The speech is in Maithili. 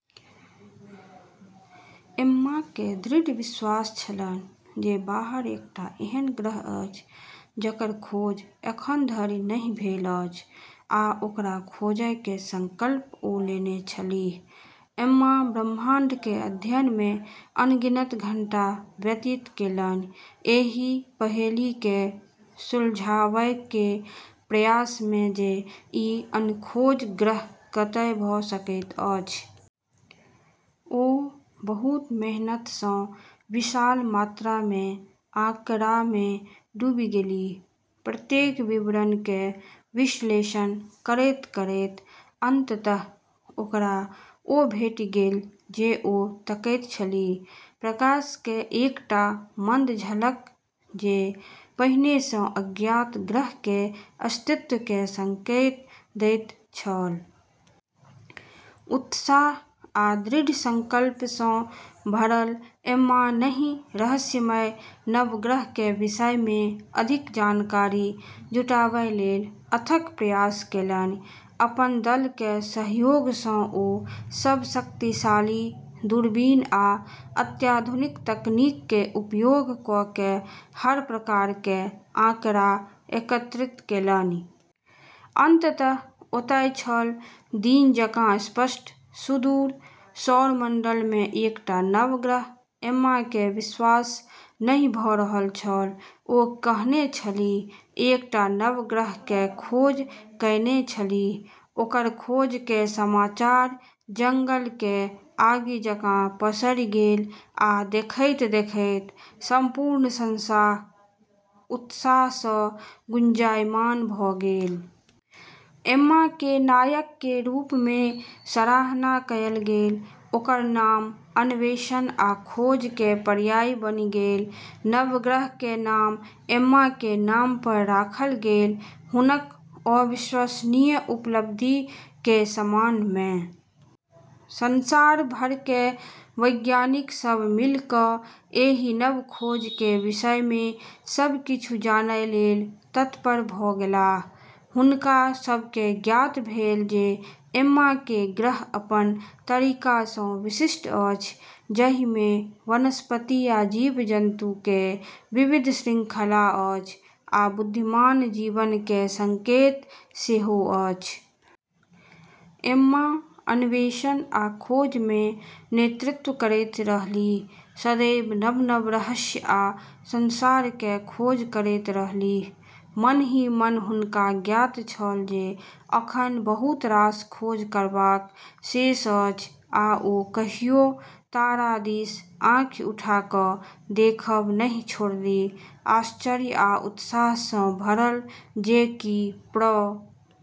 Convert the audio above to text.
एम्मा के दृढ़ विश्वास छलन्हि जे बाहर एकटा एहन ग्रह अछि जकर खोज अखन धरि नहि भेल अछि आ ओकरा खोजय के संकल्प ओ लेने छलीह। एम्मा ब्रह्मांड के अध्ययन में अनगिनत घंटा व्यतीत केलनि, एहि पहेली के सुलझावय के प्रयास में जे ई अनखोज ग्रह कतय भऽ सकैत अछि। ओ बहुत मेहनत सँ विशाल मात्रा में आँकड़ामे डूबि गेलीह, प्रत्येक विवरण के विश्लेषण करैत-करैत, अंततः ओकरा ओ भेटि गेल जे ओ तकैत छलीह: प्रकाश के एकटा मंद झलक, जे पहिने सँ अज्ञात ग्रह के अस्तित्व के संकेत दैत छल। उत्साह आ दृढ़ संकल्प सँ भरल एम्मा एहि रहस्यमय नव ग्रह के विषय में अधिक जानकारी जुटावय लेल अथक प्रयास केलनि। अपन दल के सहयोग सँ ओ सब शक्तिशाली दूरबीन आ अत्याधुनिक तकनीक के उपयोग कऽ के हर प्रकार के आँकड़ा एकत्रित केलनि। अंततः, ओतय छल, दिन जकां स्पष्ट: सुदूर सौरमंडल में एकटा नव ग्रह। एम्मा के विश्वास नहि भऽ रहल छल। ओ कहने छलीह, एकटा नव ग्रह के खोज कएने छलीह। ओकर खोज के समाचार जंगल के आगि जकां पसरि गेल आ देखैत-देखैत संपूर्ण संसार उत्साह सँ गुंजायमान भऽ गेल। एम्मा के नायक के रूप में सराहना कएल गेल, ओकर नाम अन्वेषण आ खोज के पर्याय बनि गेल। नव ग्रह के नाम एम्मा के नाम पर राखल गेल, हुनक अविश्वसनीय उपलब्धि के सम्मान में। संसार भर के वैज्ञानिक सब मिल कऽ एहि नव खोज के विषय में सभ किछु जानय लेल तत्पर भऽ गेलाह। हुनका सब के ज्ञात भेल जे एम्मा के ग्रह अपन तरीका सँ विशिष्ट अछि, जहि में वनस्पति आ जीव-जन्तु के विविध श्रृंखला अछि, आ बुद्धिमान जीवन के संकेत सेहो अछि। एम्मा अन्वेषण आ खोज में नेतृत्व करैत रहलीह, सदैव नव-नव रहस्य आ संसार के खोज करैत रहलीह। मन ही मन हुनका ज्ञात छल जे अखन बहुत रास खोज करबाक शेष अछि आ ओ कहियो तारा दिस आँखि उठा कऽ देखब नहि छोड़लीह, आश्चर्य आ उत्साह सँ भरल जे की प्रतीक्षा कऽ रहल अछि, पहुँच सँ दूर।